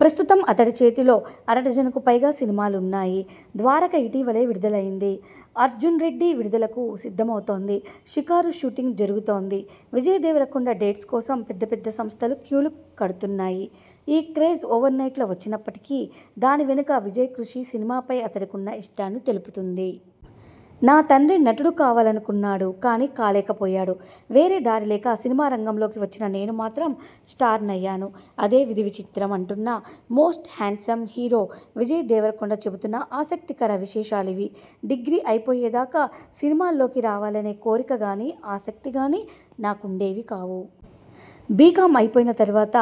ప్రస్తుతం అతడి చేతిలో అరడజనుకుపైగా సినిమాలున్నాయి. 'ద్వారక' ఇటీవలే విడుదలైంది. 'అర్జున్రెడ్డి' విడుదలకు సిద్ధమవుతోంది. 'షికారు' షూటింగ్ జరుగుతోంది. విజయ్ దేవరకొండ డేట్స్ కోసం పెద్ద పెద్ద సంస్థలు క్యూలు కడుతున్నాయి. ఈ క్రేజ్ ఓవర్నైట్లో వచ్చినప్పటికీ, దాని వెనుక విజయ్ కృషి సినిమాపై అతడికున్న ఇష్టాన్ని తెలుపుతుంది. 'నా తండ్రి నటుడు కావాలనుకున్నాడు. కానీ కాలేకపోయాడు. వేరే దారి లేక సినిమారంగంలోకి వచ్చిన నేను మాత్రం స్టార్నయ్యాను. అదే విధి విచిత్రం' అంటున్న most handsome hero Vijay Deverakonda చెబుతున్న ఆసక్తికర విశేషాలివి డిగ్రీ అయిపోయేదాకా సినిమాల్లోకి రావాలనే కోరికగానీ, ఆసక్తిగానీ నాకుండేవి కావు. బీకామ్ అయిపోయిన తర్వాత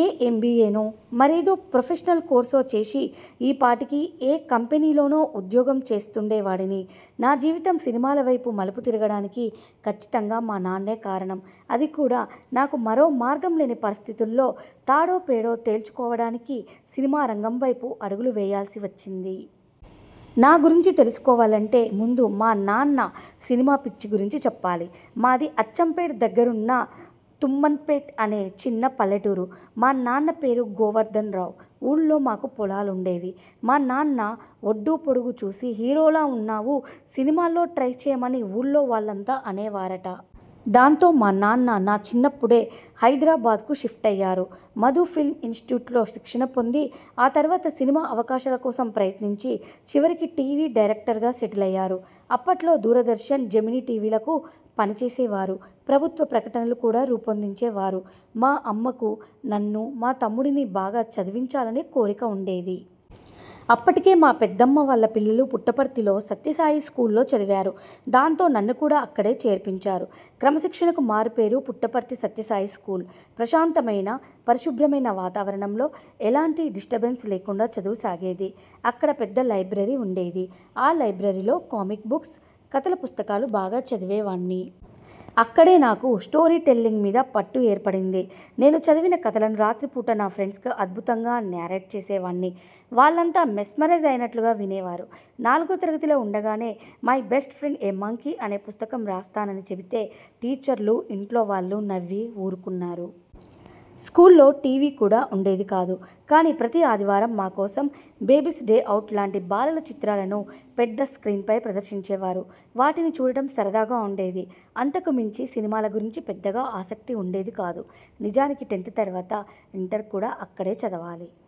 ఏ ఎంబీయేనో, మరేదో ప్రొఫెషనల్ కోర్సో చేసి ఈపాటికి ఏ కంపెనీలోనో ఉద్యోగం చేస్తుండేవాడిని. నా జీవితం సినిమాలవైపు మలుపు తిరగడానికి కచ్చితంగా మా నాన్నే కారణం. అది కూడా నాకు మరో మార్గం లేని పరిస్థితుల్లో, తాడో పేడో తేల్చుకోవడానికి సినిమారంగం వైపు అడుగులు వేయాల్సి వచ్చింది. నా గురించి తెలుసుకోవాలంటే ముందు మా నాన్న 'సినిమాపిచ్చి' గురించి చెప్పాలి. మాది అచ్చంపేట్ దగ్గరున్న తుమ్మన్పేట్ అనే చిన్న పల్లెటూరు. మా నాన్న పేరు గోవర్దన్రావు. ఊళ్లో మాకు పొలాలుండేవి. మా నాన్న ఒడ్డూపొడుగు చూసి 'హీరోల ఉన్నావు సినిమాల్లో ట్రై చేయమ'ని ఊళ్లో వాళ్లంతా అనేవారట. దాంతో మా నాన్న నా చిన్నప్పుడే హైదరాబాద్కు షిఫ్ట్ అయ్యారు. మధు ఫిల్మ్ ఇనిస్టిట్యూట్లో శిక్షణ పొంది ఆ తర్వాత సినిమా అవకాశాల కోసం ప్రయత్నించి చివరికి టీవీ డైరెక్టర్గా సెటిలయ్యారు. అప్పట్లో దూరదర్శన్, జెమినీ టీవీలకు పనిచేసేవారు. ప్రభుత్వ ప్రకటనలు కూడా రూపొందించేవారు. మా అమ్మకు నన్ను, మా తమ్ముడిని బాగా చదివించాలని కోరిక ఉండేది. అప్పటికే మా పెద్దమ్మ వాళ్ల పిల్లలు పుట్టపర్తిలోని సత్యసాయి స్కూలులో చదివారు. దాంతో నన్ను కూడా అక్కడే చేర్పించారు. క్రమశిక్షణకు మారుపేరు పుట్టపర్తి సత్యసాయి స్కూలు. ప్రశాంతమైన, పరిశుభ్రమైన వాతావరణంలో ఎలాంటి డిస్టర్బెన్స్ లేకుండా చదువు సాగేది. అక్కడ పెద్ద లైబ్రరీ ఉండేది. ఆ లైబ్రరీలో కామిక్ బుక్స్, కథల పుస్తకాలు బాగా చదివేవాణ్ణి. అక్కడే నాకు స్టోరీ టెల్లింగ్ మీద పట్టు ఏర్పడింది. నేను చదివిన కథలను రాత్రిపూట నా ఫ్రెండ్స్కు అద్భుతంగా నరేట్ చేసేవాణ్ణి. వాళ్లంతా మెస్మరైజ్ అయినట్లుగా వినేవారు. నాలుగో తరగతిలో ఉండగానే 'my best friend a monkey' అనే పుస్తకం రాస్తానని చెబితే టీచర్లు, ఇంట్లోవాళ్లు నవ్వి ఊరుకున్నారు. స్కూల్లో టీవీ కూడా ఉండేది కాదు. కానీ ప్రతీ ఆదివారం మా కోసం 'బేబీస్ డే అవుట్' లాంటి బాలల చిత్రాలను పెద్ద స్ర్కీన్పై ప్రదర్శించేవారు. వాటిని చూడటం సరదాగా ఉండేది. అంతకుమించి సినిమాల గురించి పెద్దగా ఆసక్తి ఉండేది కాదు. నిజానికి టెన్త్ తర్వాత ఇంటర్ కూడా అక్కడే చదవాలి.